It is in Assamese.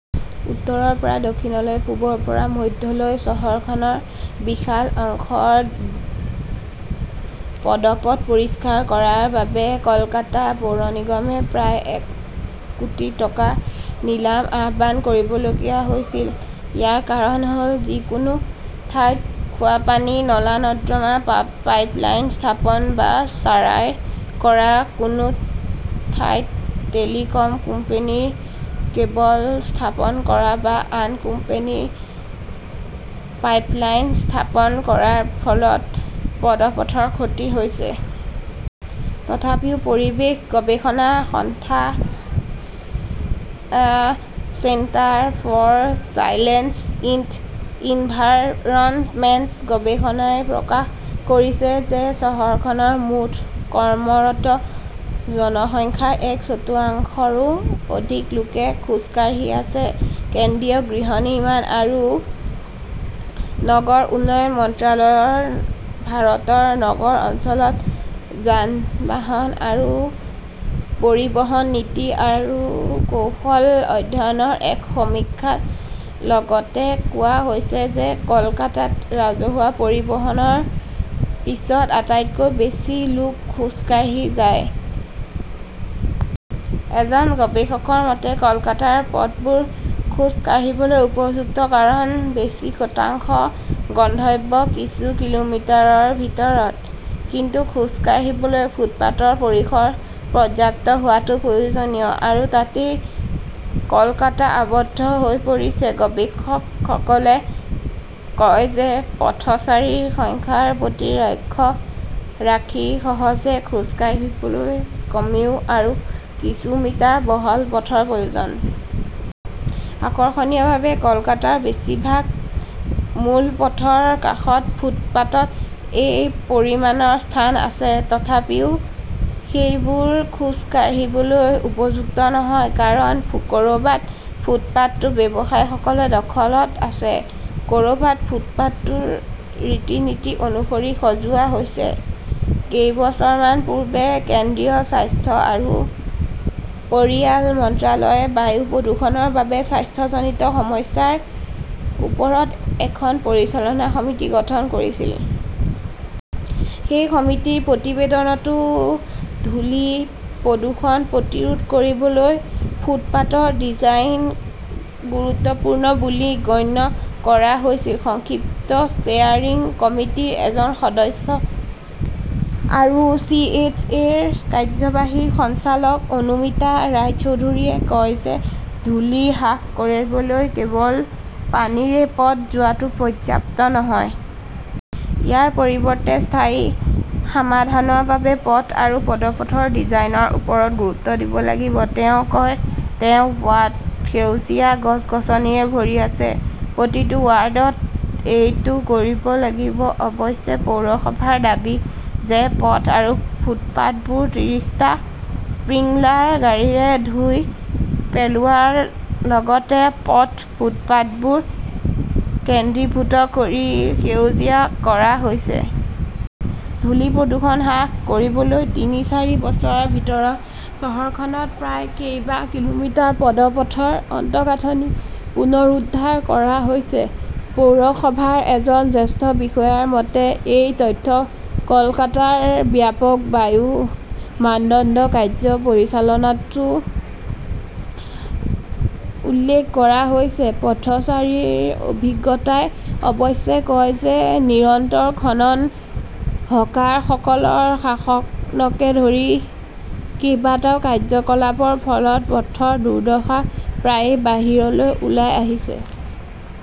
উত্তৰৰ পৰা দক্ষিণলৈ, পূবৰ পৰা মধ্যলৈ, চহৰখনৰ বিশাল অংশৰ পদপথ পৰিষ্কাৰ কৰাৰ বাবে কলকাতা পৌৰ নিগমে প্ৰায় এক কোটি টকাৰ নিলাম আহ্বান কৰিবলগীয়া হৈছিল! ইয়াৰ কাৰণ হ'ল, যিকোনো ঠাইত খোৱা পানী, নলা-নৰ্দমা পাইপলাইন স্থাপন বা চাৰাই কৰা, কোনো ঠাইত টেলিকম কোম্পানীৰ কেবল স্থাপন কৰা বা আন কোম্পানীৰ পাইপলাইন স্থাপন কৰাৰ ফলত পদপথৰ ক্ষতি হৈছে। তথাপিও, পৰিৱেশ গৱেষণা সন্থা চেণ্টাৰ ফৰ সাইলেন্স ইণ্ড ইনভাইৰনমেণ্টচ গৱেষণাই প্ৰকাশ কৰিছে যে চহৰখনৰ মুঠ কৰ্মৰত জনসংখ্যাৰ এক চতুৰ্থাংশৰো অধিক লোকে খোজ কাঢ়ি যায়। কেন্দ্ৰীয় গৃহ নিৰ্মাণ আৰু নগৰ উন্নয়ন মন্ত্ৰালয়ৰ ভাৰতৰ নগৰ অঞ্চলত যান-বাহন আৰু পৰিবহণ নীতি আৰু কৌশল অধ্যয়নৰ এক সমীক্ষাত লগতে কোৱা হৈছে যে কলকাতাত ৰাজহুৱা পৰিবহণৰ পিছত আটাইতকৈ বেছি লোক খোজ কাঢ়ি যায়। এজন গৱেষকৰ মতে, কলকাতাৰ পথবোৰ খোজ কাঢ়িবলৈ উপযুক্ত কাৰণ বেছি শতাংশ গন্তব্য কিছু কিলোমিটাৰৰ ভিতৰত। কিন্তু খোজ কাঢ়িবলৈ ফুটপাতৰ পৰিসৰ পৰ্যাপ্ত হোৱাটো প্ৰয়োজনীয়। আৰু তাতেই কলকাতা আবদ্ধ হৈ পৰিছে। গৱেষকসকলে কয় যে পথচাৰীৰ সংখ্যাৰ প্ৰতি লক্ষ্য ৰাখি সহজে খোজ কাঢ়িবলৈ কমেও‌ আৰু কিছু মিটাৰ বহল পথৰ প্ৰয়োজন। আকৰ্ষণীয়ভাৱে, কলকাতাৰ বেছিভাগ মূল পথৰ কাষৰ ফুটপাতত এই পৰিমাণৰ স্থান আছে। তথাপিও সেইবোৰ খোজ কাঢ়িবলৈ উপযুক্ত নহয়। কাৰণ ক'ৰবাত ফুটপাতটো ব্যৱসায়ী সকলৰ দখলত আছে, ক'ৰবাত ফুটপাতটো ৰীতি-নীতি অনুসৰি সজোৱা হৈছে। কেইবছৰমান পূৰ্বে কেন্দ্ৰীয় স্বাস্থ্য আৰু পৰিয়াল মন্ত্ৰালয়ে বায়ু প্ৰদূষণৰ বাবে স্বাস্থ্যজনিত সমস্যাৰ ওপৰত এখন পৰিচালনা সমিতি গঠন কৰিছিল। সেই সমিতিৰ প্ৰতিবেদনতো ধূলি-প্ৰদূষণ প্ৰতিৰোধ কৰিবলৈ ফুটপাতৰ ডিজাইন গুৰুত্বপূৰ্ণ বুলি গণ্য কৰা হৈছিল। সংশ্লিষ্ট ষ্টেয়াৰিং কমিটিৰ এগৰাকী সদস্য আৰু চিএছইৰ কাৰ্যবাহী সঞ্চালক অনুমিতা ৰায়চৌধৰীয়েও কয় যে ধূলি হ্ৰাস কৰিবলৈ কেৱল পানীৰে পথ ধোৱাটো পৰ্যাপ্ত নহয়। ইয়াৰ পৰিৱৰ্তে স্থায়ী সমাধানৰ বাবে পথ আৰু পদপথৰ ডিজাইনৰ ওপৰত গুৰুত্ব দিব লাগিব। তেওঁ কয়, তেওঁৰ ৱাৰ্ড সেউজীয়া গছ-গছনিৰে ভৰি আছে। প্ৰতিটো ৱাৰ্ডত এইটো কৰিব লাগিব। অৱশ্যে, পৌৰসভাৰ দাবী যে পথ আৰু ফুটপাতবোৰ ত্ৰিশটা স্প্ৰিংলাৰ গাড়ীৰে ধুই পেলোৱাৰ লগতে পথ, ফুটপাতবোৰ কেন্দ্ৰীভূত কৰি সেউজীয়া কৰা হৈছে। ধূলি-প্ৰদূষণ হ্ৰাস কৰিবলৈ তিনি-চাৰি বছৰৰ ভিতৰত চহৰখনত প্ৰায় কেইবা কিলোমিটাৰ পদপথৰ আন্তঃগাঁথনি পুনৰুদ্ধাৰ কৰা হৈছে, পৌৰসভাৰ এজন জ্যেষ্ঠ বিষয়াৰ মতে। এই তথ্য কলকাতাৰ ব্যাপক বায়ু মানদণ্ড কাৰ্য্য পৰিকল্পনাতো উল্লেখ কৰা হৈছে। পথচাৰীৰ অভিজ্ঞতাই অৱশ্যে কয় যে নিৰন্তৰ খনন, হকাৰসকলৰ শাসনকে ধৰি কেইবাটাও কাৰ্যকলাপৰ ফলত পথৰ দুৰ্দশা প্ৰায়ে বাহিৰলৈ ওলাই আহিছে।